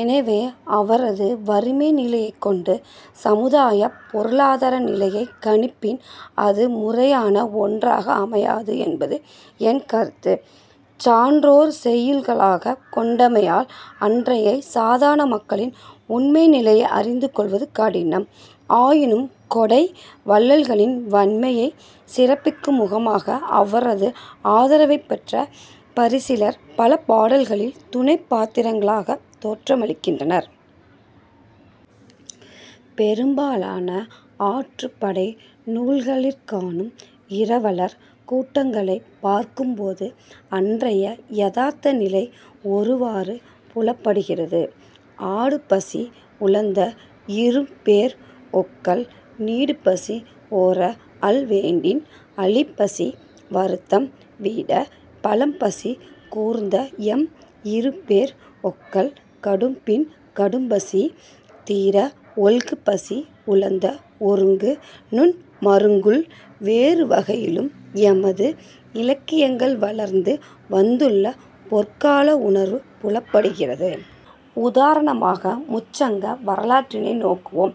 எனவே அவரது வறுமைநிலையைக் கொண்டு சமுதாயப் பொருளாதார நிலையைக் கணிப்பின் அது முறையான ஒன்றாக அமையாது என்பது என் கருத்து. சான்றோர் செய்யுட்களாகக் கொண்டமையால் அன்றைய சாதாரண மக்களின் உண்மை நிலையை அறிந்து கொள்வது கடினம். ஆயினும் கொடை வள்ளல்களின் வண்மையைச் சிறப்பிக்குமுகமாக, அவரது ஆதரவைப் பெற்ற பரிசிலர் பல பாடல்களில் துணைப் பாத்திரங்களாகத் தோற்றமளிக்கின்றனர். பெரும்பாலான ஆற்றுப் படை நூல்களிற் காணும் இரவலர் கூட்டங்களைப் பார்க்கும்போது, அன்றைய யதார்த்த நிலை ஒருவாறு புலப்படுகிறது. "ஆடுபசி உழந்த இரும்பேர் ஒக்கல்" "நீடுபசி ஒராஅல் வேண்டின்" "அழிபசி வருத்தம் வீட" "பழம்பசி கூர்ந்தஎம் இரும்பேர் ஒக்கல்" "கடும்பின் கடும்பசி தீர" "ஒல்குபசி உழந்த ஒருங்கு நுண் மருங்குல்" வேறுவகையிலும் எமது இலக்கியங்கள் வளர்ந்து வந்துள்ள பொற்கால உணர்வு புலப்படுகிறது. உதாரணமாக முச்சங்க வரலாற்றினை நோக்குவோம்.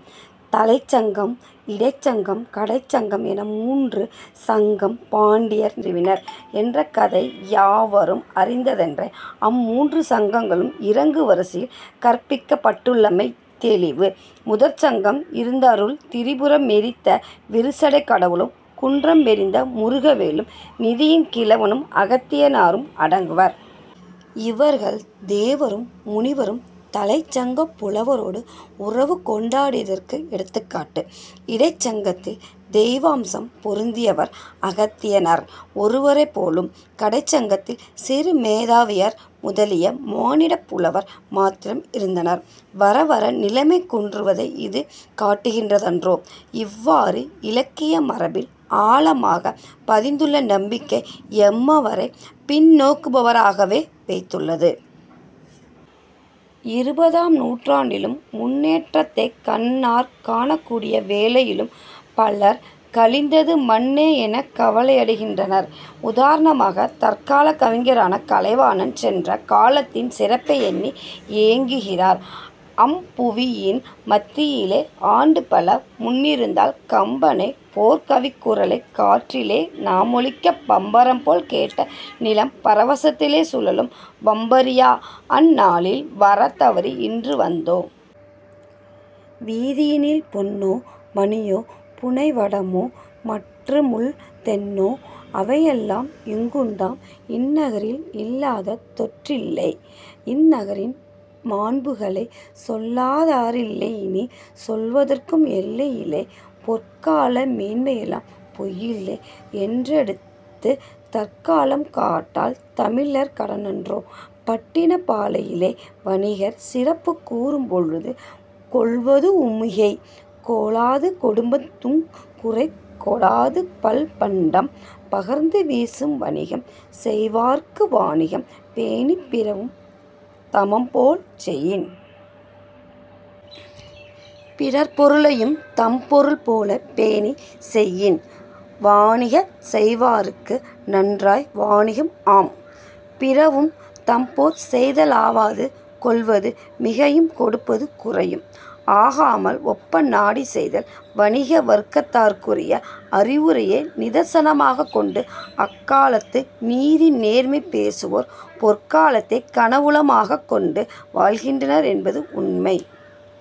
தலைச்சங்கம், இடைச்சங்கம், கடைச்சங்கம் என மூன்று சங்கம் பாண்டியர் நிறுவினர் என்ற கதை யாவரும் அறிந்ததொன்றே. அம்மூன்று சங்கங்களும் இறங்கு வரிசையில் கற்பிக்கப்பட்டுள்ளமை தௌிவு. முதற் சங்கம் இருந்தாருள் திரிபுரமெரித்த விரிசடைக் கடவுளும், குன்றமெறிந்த முருகவேளும், நிதியின் கிழவனும், அகத்தியனாரும் அடங்குவர். இவர்கள் தேவரும் முனிவரும் தலைச்சங்கப் புலவரோடு உறவு கொண்டாடியதற்கு எடுத்துக்காட்டு. இடைச் சங்கத்தில் தெய்வாம்சம் பொருந்தியவர் அகத்தியனார் ஒருவரேபோலும். கடைச்சங்கத்தில் சிறுமேதாவியார் முதலிய மானிடப் புலவர் மாத்திரம் இருந்தனராம். வரவர நிலைமை குன்றுவதை இது காட்டுகிறதன்றோ! இவ்வாறு இலக்கிய மரபில் ஆழமாகப் பதிந்துள்ள நம்பிக்கை எம்மவரைப் பின்னோக்குபவராகவே வைத்துளது. இருபதாம் நூற்றாண்டிலும்-முன்னேற்றத்தைக் கண்ணாற் காணக்கூடியக வேளையிலும்-பலர் "கழிந்தது மன்னே" எனக் கவலையடைகின்றனர். உதாரணமாக, தற்காலக் கவிஞரான கலைவாணன் சென்ற காலத்தின் சிறப்பையெண்ணி ஏங்குகிறார். "அம்புவியின் மத்தியிலே ஆண்டுபல முன்னிருந்தால் கம்பனைப் போற் கவிக்குரலைக் காற்றிலே நாமொலிக்கப் பம்பரம்போல் கேட்ட நிலம் பரவசத்திலே சுழலும் வம்பறியா அந் நாளில் வரத் தவறி இன்று வந்தோம். "வீதியினில் பொன்னோ மணியோ, புனைவடமோ மற்றுமுள் தென்னோ அவையெல்லாம் இங்குண்டாம் இந்நகரில் இல்லாத தொனறில்லை இந் நகரின் மாண்புகளைச் சொல்லாதா ரில்லையினிச் சொல்வதற்கும் எல்லையிலை. பொற்கால மேன்மையெலாம் பொய்யில்லை என்றெடுத்துத் தற்காலம் காட்டல் தமிழர் கடனன்றோ. " பட்டினப்பாலையிலே வணிகர் சிறப்புக் கூறும் பொழுது, "கொள்வதூஉ மிகை கொளாது கொடுப்பதூஉங் குறை கொடாது பல்பண்டம் பகர்ந்து வீசும்" "வணிகம் செய்வார்க்கு வாணிகம் பேணிப் பிறவும் தமபோல் செயின். " "பிறர் பொருளையும் தம்பொருள் போலப் பேணிச் செய்யின், வாணிகஞ் செய்வார்க்கு நன்றாய வாணிகம் ஆம். பிறவும் தம்போற் செய்தலாவது கொள்வது மிகையும் கொடுப்பது குறையும் ஆகாமல் ஒப்ப நாடிச் செய்தல். " வணிக வர்க்கத்தாருக்குரிய அறிவுரையை நிதர்சனமாகக் கொண்டு, அக்காலத்து "நீதிநேர்மை" பேசுவோர் பொற்காலத்தைக் கனவுலகமாகக் கொண்டு வாழ்கின்றனர் என்பது உண்மை.